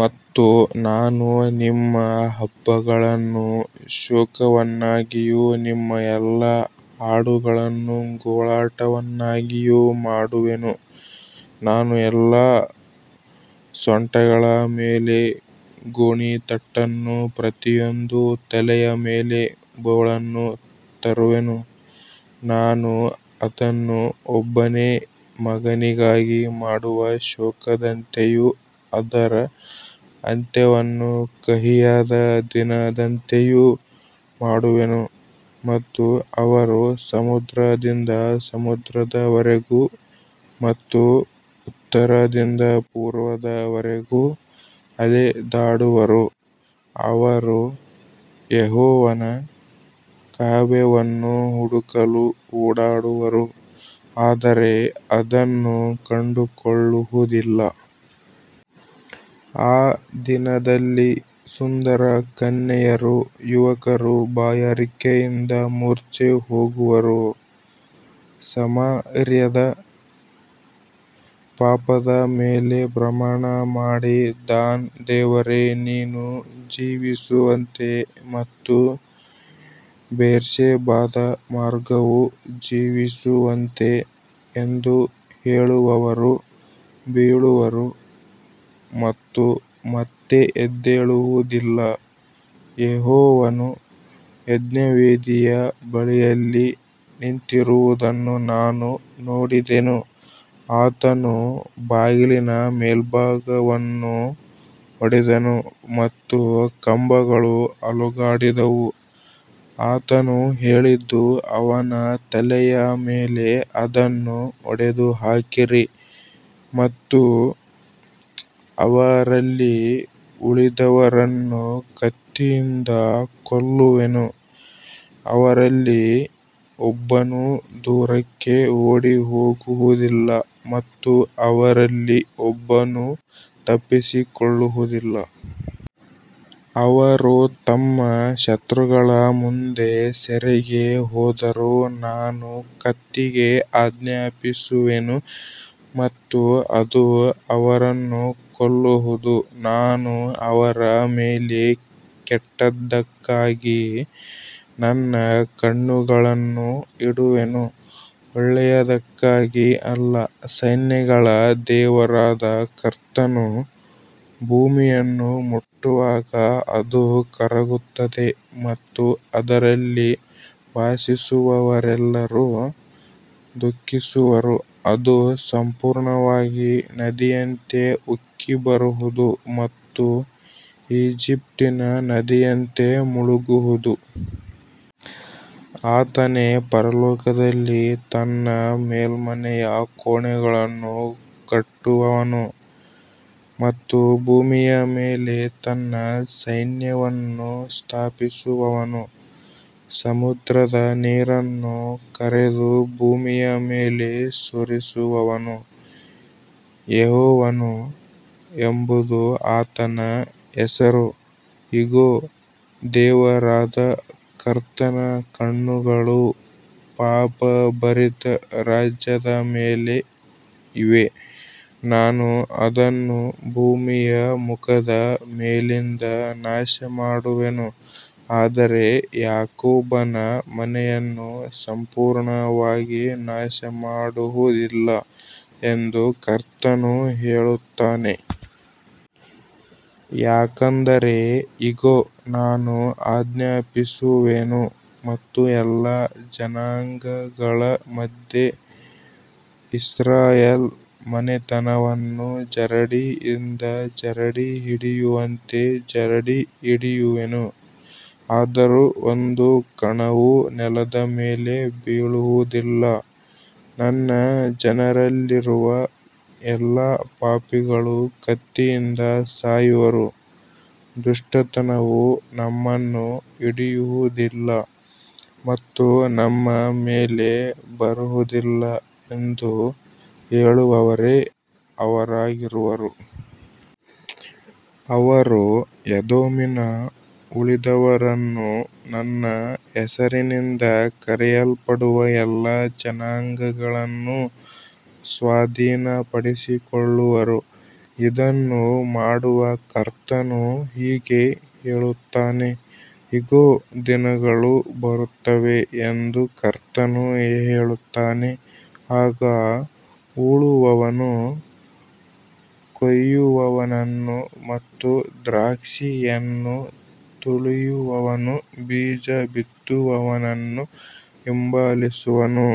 ಮತ್ತು ನಾನು ನಿಮ್ಮ ಹಬ್ಬಗಳನ್ನು ಶೋಕವನ್ನಾಗಿಯೂ ನಿಮ್ಮ ಎಲ್ಲಾ ಹಾಡುಗಳನ್ನು ಗೋಳಾಟವನ್ನಾಗಿಯೂ ಮಾಡುವೆನು, ನಾನು ಎಲ್ಲಾ ಸೊಂಟಗಳ ಮೇಲೆ ಗೋಣಿತಟ್ಟನ್ನೂ ಪ್ರತಿಯೊಂದು ತಲೆಯ ಮೇಲೆ ಬೋಳನ್ನೂ ತರುವೆನು, ನಾನು ಅದನ್ನು ಒಬ್ಬನೇ ಮಗನಿಗಾಗಿ ಮಾಡುವ ಶೋಕದಂತೆಯೂ ಅದರ ಅಂತ್ಯವನ್ನು ಕಹಿಯಾದ ದಿನದಂತೆಯೂ ಮಾಡುವೆನು. ಮತ್ತು ಅವರು ಸಮುದ್ರದಿಂದ ಸಮುದ್ರದವರೆಗೂ ಮತ್ತು ಉತ್ತರದಿಂದ ಪೂರ್ವದವರೆಗೂ ಅಲೆದಾಡುವರು, ಅವರು ಯೆಹೋವನ ವಾಕ್ಯವನ್ನು ಹುಡುಕಲು ಓಡಾಡುವರು, ಆದರೆ ಅದನ್ನು ಕಂಡುಕೊಳ್ಳುವುದಿಲ್ಲ. ಆ ದಿನದಲ್ಲಿ ಸುಂದರ ಕನ್ಯೆಯರೂ ಯುವಕರೂ ಬಾಯಾರಿಕೆಯಿಂದ ಮೂರ್ಛೆಹೋಗುವರು, ಸಮಾರ್ಯದ ಪಾಪದ ಮೇಲೆ ಪ್ರಮಾಣಮಾಡಿ, ದಾನ್ ದೇವರೇ, ನೀನು ಜೀವಿಸುವಂತೆ ಮತ್ತು ಬೇರ್ಷೆಬಾದ ಮಾರ್ಗವು ಜೀವಿಸುವಂತೆ ಎಂದು ಹೇಳುವವರು ಬೀಳುವರು ಮತ್ತು ಮತ್ತೆ ಎದ್ದೇಳುವುದಿಲ್ಲ. ಯೆಹೋವನು ಯಜ್ಞವೇದಿಯ ಬಳಿಯಲ್ಲಿ ನಿಂತಿರುವುದನ್ನು ನಾನು ನೋಡಿದೆನು, ಆತನು ಬಾಗಿಲಿನ ಮೇಲ್ಭಾಗವನ್ನು ಹೊಡೆದನು ಮತ್ತು ಕಂಬಗಳು ಅಲುಗಾಡಿದವು, ಆತನು ಹೇಳಿದ್ದು, ಅವರ ತಲೆಯ ಮೇಲೆ ಅದನ್ನು ಒಡೆದುಹಾಕಿರಿ ಮತ್ತು ಅವರಲ್ಲಿ ಉಳಿದವರನ್ನು ಕತ್ತಿಯಿಂದ ಕೊಲ್ಲುವೆನು, ಅವರಲ್ಲಿ ಒಬ್ಬನೂ ದೂರಕ್ಕೆ ಓಡಿಹೋಗುವುದಿಲ್ಲ ಮತ್ತು ಅವರಲ್ಲಿ ಒಬ್ಬನೂ ತಪ್ಪಿಸಿಕೊಳ್ಳುವುದಿಲ್ಲ. ಅವರು ತಮ್ಮ ಶತ್ರುಗಳ ಮುಂದೆ ಸೆರೆಗೆ ಹೋದರೂ ನಾನು ಕತ್ತಿಗೆ ಆಜ್ಞಾಪಿಸುವೆನು ಮತ್ತು ಅದು ಅವರನ್ನು ಕೊಲ್ಲುವುದು, ನಾನು ಅವರ ಮೇಲೆ ಕೆಟ್ಟದ್ದಕ್ಕಾಗಿ ನನ್ನ ಕಣ್ಣುಗಳನ್ನು ಇಡುವೆನು, ಒಳ್ಳೆಯದಕ್ಕಾಗಿ ಅಲ್ಲ. ಸೈನ್ಯಗಳ ದೇವರಾದ ಕರ್ತನು ಭೂಮಿಯನ್ನು ಮುಟ್ಟುವಾಗ ಅದು ಕರಗುತ್ತದೆ ಮತ್ತು ಅದರಲ್ಲಿ ವಾಸಿಸುವವರೆಲ್ಲರೂ ದುಃಖಿಸುವರು, ಅದು ಸಂಪೂರ್ಣವಾಗಿ ನದಿಯಂತೆ ಉಕ್ಕಿಬರುವುದು ಮತ್ತು ಈಜಿಪ್ಟಿನ ನದಿಯಂತೆ ಮುಳುಗುವುದು. ಆತನೇ ಪರಲೋಕದಲ್ಲಿ ತನ್ನ ಮೇಲ್ಮನೆಯ ಕೋಣೆಗಳನ್ನು ಕಟ್ಟುವವನು ಮತ್ತು ಭೂಮಿಯ ಮೇಲೆ ತನ್ನ ಸೈನ್ಯವನ್ನು ಸ್ಥಾಪಿಸುವವನು, ಸಮುದ್ರದ ನೀರನ್ನು ಕರೆದು ಭೂಮಿಯ ಮೇಲೆ ಸುರಿಸುವವನು, ಯೆಹೋವನು ಎಂಬುದು ಆತನ ಹೆಸರು. ಇಗೋ, ದೇವರಾದ ಕರ್ತನ ಕಣ್ಣುಗಳು ಪಾಪಭರಿತ ರಾಜ್ಯದ ಮೇಲೆ ಇವೆ, ನಾನು ಅದನ್ನು ಭೂಮಿಯ ಮುಖದ ಮೇಲಿಂದ ನಾಶಮಾಡುವೆನು, ಆದರೆ ಯಾಕೋಬನ ಮನೆಯನ್ನು ಸಂಪೂರ್ಣವಾಗಿ ನಾಶಮಾಡುವುದಿಲ್ಲ ಎಂದು ಕರ್ತನು ಹೇಳುತ್ತಾನೆ. ಯಾಕಂದರೆ ಇಗೋ, ನಾನು ಆಜ್ಞಾಪಿಸುವೆನು ಮತ್ತು ಎಲ್ಲಾ ಜನಾಂಗಗಳ ಮಧ್ಯೆ ಇಸ್ರಾಯೇಲ್ ಮನೆತನವನ್ನು ಜರಡಿಯಿಂದ ಜರಡಿ ಹಿಡಿಯುವಂತೆ ಜರಡಿ ಹಿಡಿಯುವೆನು, ಆದರೂ ಒಂದು ಕಣವೂ ನೆಲದ ಮೇಲೆ ಬೀಳುವುದಿಲ್ಲ. ನನ್ನ ಜನರಲ್ಲಿರುವ ಎಲ್ಲಾ ಪಾಪಿಗಳು ಕತ್ತಿಯಿಂದ ಸಾಯುವರು, ದುಷ್ಟತನವು ನಮ್ಮನ್ನು ಹಿಡಿಯುವುದಿಲ್ಲ ಮತ್ತು ನಮ್ಮ ಮೇಲೆ ಬರುವುದಿಲ್ಲ ಎಂದು ಹೇಳುವವರೇ ಅವರಾಗಿರುವರು. ಅವರು ಎದೋಮಿನ ಉಳಿದವರನ್ನೂ ನನ್ನ ಹೆಸರಿನಿಂದ ಕರೆಯಲ್ಪಡುವ ಎಲ್ಲಾ ಜನಾಂಗಗಳನ್ನೂ ಸ್ವಾಧೀನಪಡಿಸಿಕೊಳ್ಳುವರು, ಇದನ್ನು ಮಾಡುವ ಕರ್ತನು ಹೀಗೆ ಹೇಳುತ್ತಾನೆ. ಇಗೋ, ದಿನಗಳು ಬರುತ್ತವೆ ಎಂದು ಕರ್ತನು ಹೇಳುತ್ತಾನೆ, ಆಗ ಉಳುವವನು ಕೊಯ್ಯುವವನನ್ನು ಮತ್ತು ದ್ರಾಕ್ಷಿಯನ್ನು ತುಳಿಯುವವನು ಬೀಜ ಬಿತ್ತುವವನನ್ನು ಹಿಂಬಾಲಿಸುವನು,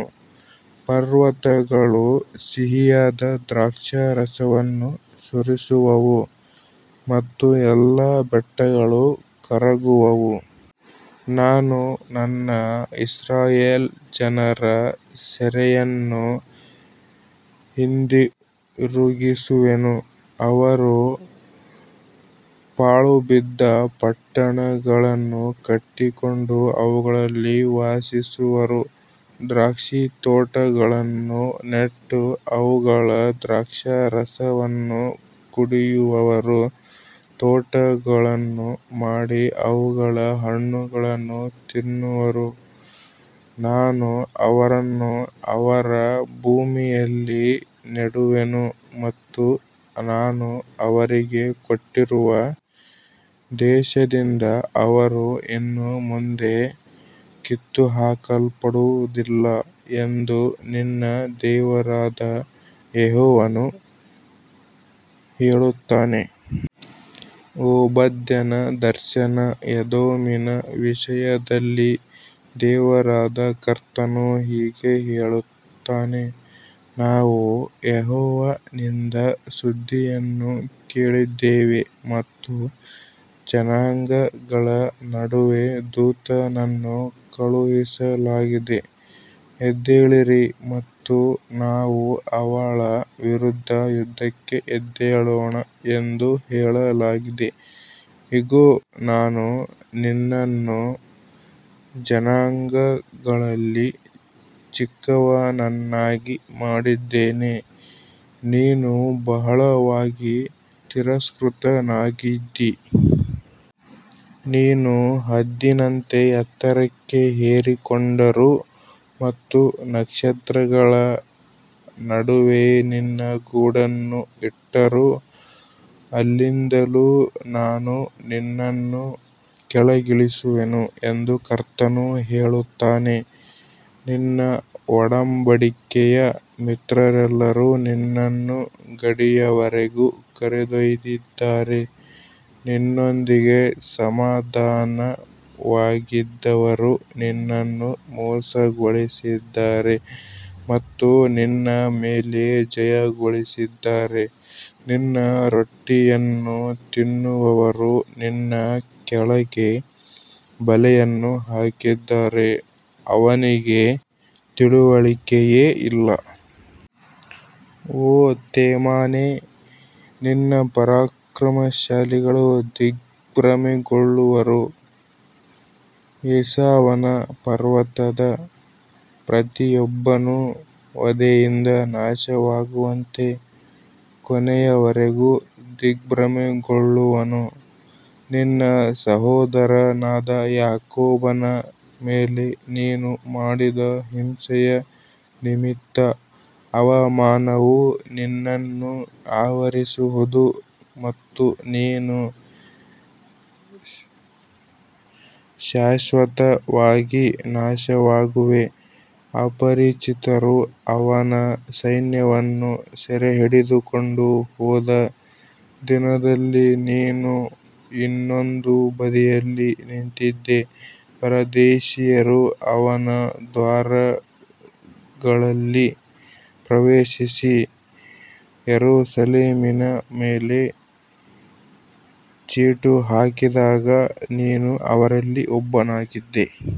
ಪರ್ವತಗಳು ಸಿಹಿಯಾದ ದ್ರಾಕ್ಷಾರಸವನ್ನು ಸುರಿಸುವವು ಮತ್ತು ಎಲ್ಲಾ ಬೆಟ್ಟಗಳು ಕರಗುವವು. ನಾನು ನನ್ನ ಇಸ್ರಾಯೇಲ್ ಜನರ ಸೆರೆಯನ್ನು ಹಿಂದಿರುಗಿಸುವೆನು, ಅವರು ಪಾಳುಬಿದ್ದ ಪಟ್ಟಣಗಳನ್ನು ಕಟ್ಟಿಕೊಂಡು ಅವುಗಳಲ್ಲಿ ವಾಸಿಸುವರು, ದ್ರಾಕ್ಷಿತೋಟಗಳನ್ನು ನೆಟ್ಟು ಅವುಗಳ ದ್ರಾಕ್ಷಾರಸವನ್ನು ಕುಡಿಯುವರು, ತೋಟಗಳನ್ನು ಮಾಡಿ ಅವುಗಳ ಹಣ್ಣುಗಳನ್ನು ತಿನ್ನುವರು. ನಾನು ಅವರನ್ನು ಅವರ ಭೂಮಿಯಲ್ಲಿ ನೆಡುವೆನು ಮತ್ತು ನಾನು ಅವರಿಗೆ ಕೊಟ್ಟಿರುವ ದೇಶದಿಂದ ಅವರು ಇನ್ನು ಮುಂದೆ ಕಿತ್ತುಹಾಕಲ್ಪಡುವುದಿಲ್ಲ ಎಂದು ನಿನ್ನ ದೇವರಾದ ಯೆಹೋವನು ಹೇಳುತ್ತಾನೆ. ಓಬದ್ಯನ ದರ್ಶನ, ಎದೋಮಿನ ವಿಷಯದಲ್ಲಿ ದೇವರಾದ ಕರ್ತನು ಹೀಗೆ ಹೇಳುತ್ತಾನೆ, ನಾವು ಯೆಹೋವನಿಂದ ಸುದ್ದಿಯನ್ನು ಕೇಳಿದ್ದೇವೆ ಮತ್ತು ಜನಾಂಗಗಳ ನಡುವೆ ದೂತನನ್ನು ಕಳುಹಿಸಲಾಗಿದೆ, ಎದ್ದೇಳಿರಿ ಮತ್ತು ನಾವು ಅವಳ ವಿರುದ್ಧ ಯುದ್ಧಕ್ಕೆ ಎದ್ದೇಳೋಣ ಎಂದು ಹೇಳಲಾಗಿದೆ. ಇಗೋ, ನಾನು ನಿನ್ನನ್ನು ಜನಾಂಗಗಳಲ್ಲಿ ಚಿಕ್ಕವನನ್ನಾಗಿ ಮಾಡಿದ್ದೇನೆ, ನೀನು ಬಹಳವಾಗಿ ತಿರಸ್ಕೃತನಾಗಿದ್ದೀ. ನೀನು ಹದ್ದಿನಂತೆ ಎತ್ತರಕ್ಕೆ ಏರಿಕೊಂಡರೂ ಮತ್ತು ನಕ್ಷತ್ರಗಳ ನಡುವೆ ನಿನ್ನ ಗೂಡನ್ನು ಇಟ್ಟರೂ, ಅಲ್ಲಿಂದಲೂ ನಾನು ನಿನ್ನನ್ನು ಕೆಳಗಿಳಿಸುವೆನು ಎಂದು ಕರ್ತನು ಹೇಳುತ್ತಾನೆ. ನಿನ್ನ ಒಡಂಬಡಿಕೆಯ ಮಿತ್ರರೆಲ್ಲರೂ ನಿನ್ನನ್ನು ಗಡಿಯವರೆಗೂ ಕರೆದೊಯ್ದಿದ್ದಾರೆ, ನಿನ್ನೊಂದಿಗೆ ಸಮಾಧಾನವಾಗಿದ್ದವರು ನಿನ್ನನ್ನು ಮೋಸಗೊಳಿಸಿದ್ದಾರೆ ಮತ್ತು ನಿನ್ನ ಮೇಲೆ ಜಯಗಳಿಸಿದ್ದಾರೆ, ನಿನ್ನ ರೊಟ್ಟಿಯನ್ನು ತಿನ್ನುವವರು ನಿನ್ನ ಕೆಳಗೆ ಬಲೆಯನ್ನು ಹಾಕಿದ್ದಾರೆ, ಅವನಿಗೆ ತಿಳುವಳಿಕೆಯೇ ಇಲ್ಲ. ಓ ತೇಮಾನೇ, ನಿನ್ನ ಪರಾಕ್ರಮಶಾಲಿಗಳು ದಿಗ್ಭ್ರಮೆಗೊಳ್ಳುವರು, ಏಸಾವನ ಪರ್ವತದ ಪ್ರತಿಯೊಬ್ಬನೂ ವಧೆಯಿಂದ ನಾಶವಾಗುವಂತೆ ಕೊನೆಯವರೆಗೂ ದಿಗ್ಭ್ರಮೆಗೊಳ್ಳುವನು. ನಿನ್ನ ಸಹೋದರನಾದ ಯಾಕೋಬನ ಮೇಲೆ ನೀನು ಮಾಡಿದ ಹಿಂಸೆಯ ನಿಮಿತ್ತ ಅವಮಾನವು ನಿನ್ನನ್ನು ಆವರಿಸುವದು ಮತ್ತು ನೀನು ಶಾಶ್ವತವಾಗಿ ನಾಶವಾಗುವೆ. ಅಪರಿಚಿತರು ಅವನ ಸೈನ್ಯವನ್ನು ಸೆರೆಹಿಡಿದುಕೊಂಡು ಹೋದ ದಿನದಲ್ಲಿ, ನೀನು ಇನ್ನೊಂದು ಬದಿಯಲ್ಲಿ ನಿಂತಿದ್ದೆ, ಪರದೇಶಿಯರು ಅವನ ದ್ವಾರಗಳಲ್ಲಿ ಪ್ರವೇಶಿಸಿ ಯೆರೂಸಲೇಮಿನ ಮೇಲೆ ಚೀಟು ಹಾಕಿದಾಗ ನೀನೂ ಅವರಲ್ಲಿ ಒಬ್ಬನಾಗಿದ್ದೆ.